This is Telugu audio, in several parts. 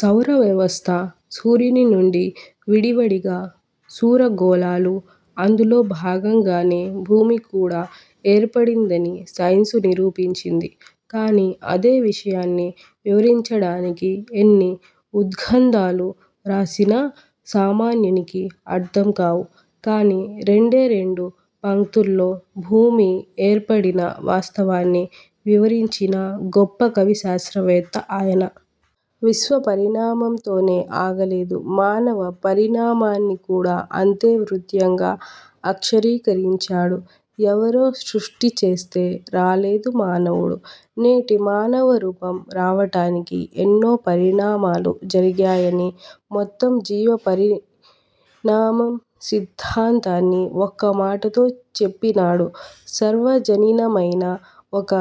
సౌరవ్యవస్థ, సూర్యుని నుండి విడివడిన సురగోళాలు, అందులో భాగంగానే భూమి కూడా ఏర్పడిందని సైన్సు నిరూపించింది. కానీ అదే విషయాన్ని వివరించడానికి ఎన్ని ఉద్ర్గంథాలు రాసినా సామాన్యునికి అర్థం కావు. కానీ రెండే రెండు పంక్తులో భూమి ఏర్పడిన వాస్తవాన్ని వివరించిన గొప్ప కవి శాస్త్రవేత్త ఆయన. విశ్వపరిణామంతోనే ఆగలేదు. మానవ పరిణామాన్ని కూడా అంతే హృద్యంగా అక్షరీకరించాడు. ఎవరో సృష్టిచేస్తే రాలేదు మానవుడు. నేటి మానవ రూపం రావటానికి ఎన్నో పరిణామాలు జరిగాయని, మొత్తం జీవపరిణామం సిద్ధాంతాన్ని ఒక్కమాటతో చెప్పినాడు. సార్వజనీనమైన ఒక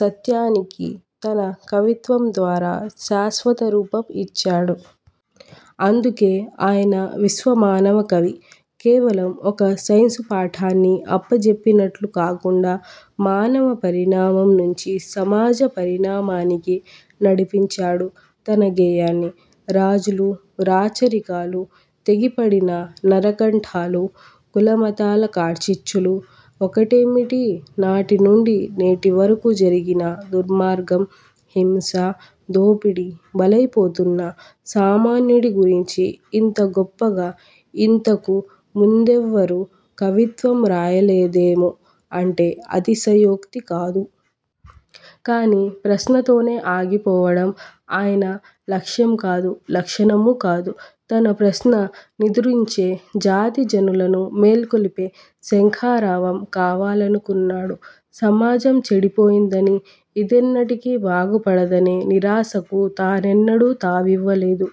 సత్యానికి తన కవిత్వం ద్వారా శాశ్వత రూపం ఇచ్చాడు. అందుకే ఆయన విశ్వ మానవ కవి. కేవలం ఒక సైన్సు పాఠాన్ని అప్పజెప్పినట్లు కాకుండా మానవ పరిణామం నుంచి సమాజ పరిణామానికి నడిపించాడు తన గేయాన్ని. రాజులు, రాచరికాలు, తెగిపడిన నరకంఠాలు, కులమతాల కార్చిచ్చులూ ఒకటేమిటి నాటి నుండి నేటి వరకూ జరిగిన దుర్మార్గం, హింస, దోపిడీ, బలైపోతున్న సామాన్యుడి గురించి ఇంత గొప్పగా ఇంతకు ముందెవ్వరూ కవిత్వం రాయలేదేమో అంటే అతిశయోక్తి కాదు. కానీ ప్రశ్నతోనే ఆగిపోవటం ఆయన లక్ష్యం కాదు, లక్షణమూ కాదు. తన ప్రశ్న నిదురించే జాతి జనులను మేల్కొలిపే శంఖారావం కావాలనుకున్నాడు. సమాజం చెడిపోయిందనీ, ఇదెన్నటికీ బాగుపడదనే నిరాశకు తానెన్నడూ తావివ్వలేదు.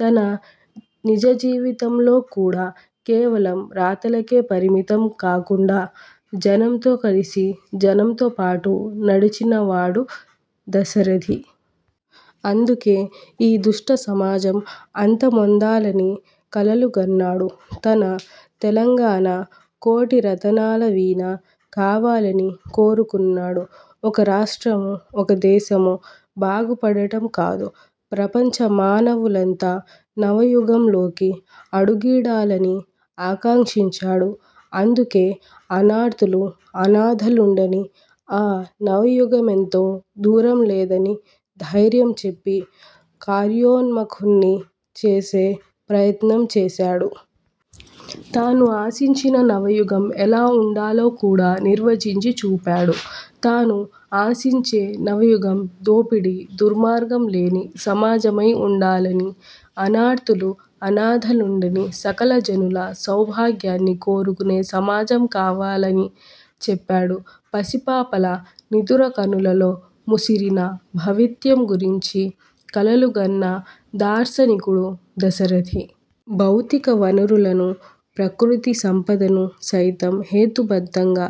తన నిజ జీవితంలో కూడా కేవలం రాతలకే పరిమితం కాకుండా జనంతో కలసి, జనంతో పాటు నడిచిన వాడు దశరథి. అందుకే ఈ దుష్ట సమాజం అంతమొందాలని కలలుగన్నాడు. తన తెలంగాణ కోటి రతనాల వీణ కావాలని కోరుకున్నాడు. ఒక రాష్ట్రమో, ఒక దేశమో బాగుపడటం కాదు ప్రపంచ మానవులంతా నవయుగంలోకి అడుగిడాలని ఆకాంక్షించాడు. అందుకే అన్నార్తులు, అనాథలుండని ఆ నవయుగమెంతో దూరం లేదని ధైర్యం చెప్పి కార్యోన్ముఖుల్ని చేసే ప్రయత్నం చేశాడు. తాను ఆశించిన నవయుగం ఎలా ఉండాలో కూడా నిర్వచించి చూపాడు. తాను ఆశించే నవయుగం దోపిడీ, దుర్మార్గం లేని సమాజమై ఉండాలనీ, అన్నార్తులు, అనాథలుండని సకలజనుల సౌభాగ్యాన్ని కోరుకునే సమాజం కావాలనీ చెప్పాడు. పసిపాపల నిదుర కనులలో ముసిరిన భవిత్యం గురించి కలలు గన్న దార్శనికుడు దశరథి. భౌతిక వనరులను, ప్రకృతి సంపదను సైతం హేతుబద్ధంగా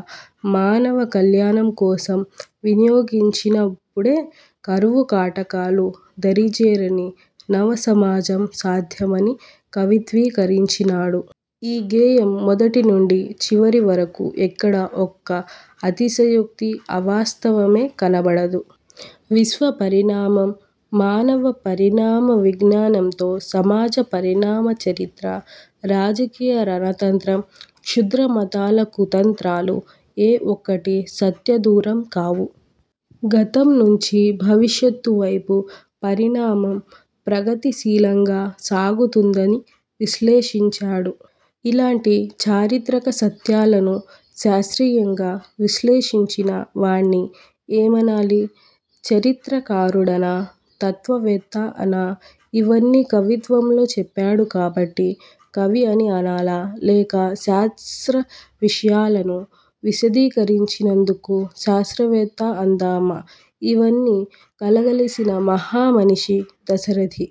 మానవ కల్యాణం కోసం వినియోగించినపుడే కరువుకాటకాలు దరిజేరని నవసమాజం సాధ్యమని కవిత్వీకరించినాడు. ఈ గేయం మొదటి నుండి చివరి వరకు ఎక్కడా ఒక్క అతిశయోక్తో, అవాస్తవమో కనబడదు. విశ్వపరిణామం, మానవ పరిణామ విజ్ఞానంతో సమాజ పరిణామ చరిత్ర, రాజకీయ రణతంత్రం, క్షుద్రమతాల కుతంత్రాలు ఏ ఒక్కటీ సత్యదూరం కావు. గతం నుంచి భవిష్యత్తు వైపు పరిణామం ప్రగతిశీలంగా సాగుతుందనీ విశ్లేషించాడు. ఇంతటి చారిత్రక సత్యాలను శాస్ర్తీయంగా విశ్లేషించిన వాణ్ణి ఏమనాలి? చరిత్రకారుడనా? తత్వవేత్త అనా? ఇవన్నీ కవిత్వంలో చెప్పాడు కాబట్టి కవి అని అనాలా? లేక శాస్త్ర విషయాలను విశదీకరించినందుకు శాస్త్రవేత్త అందామా? ఇవన్నీ కలగలిసిన మహా మనిషి దశరథి.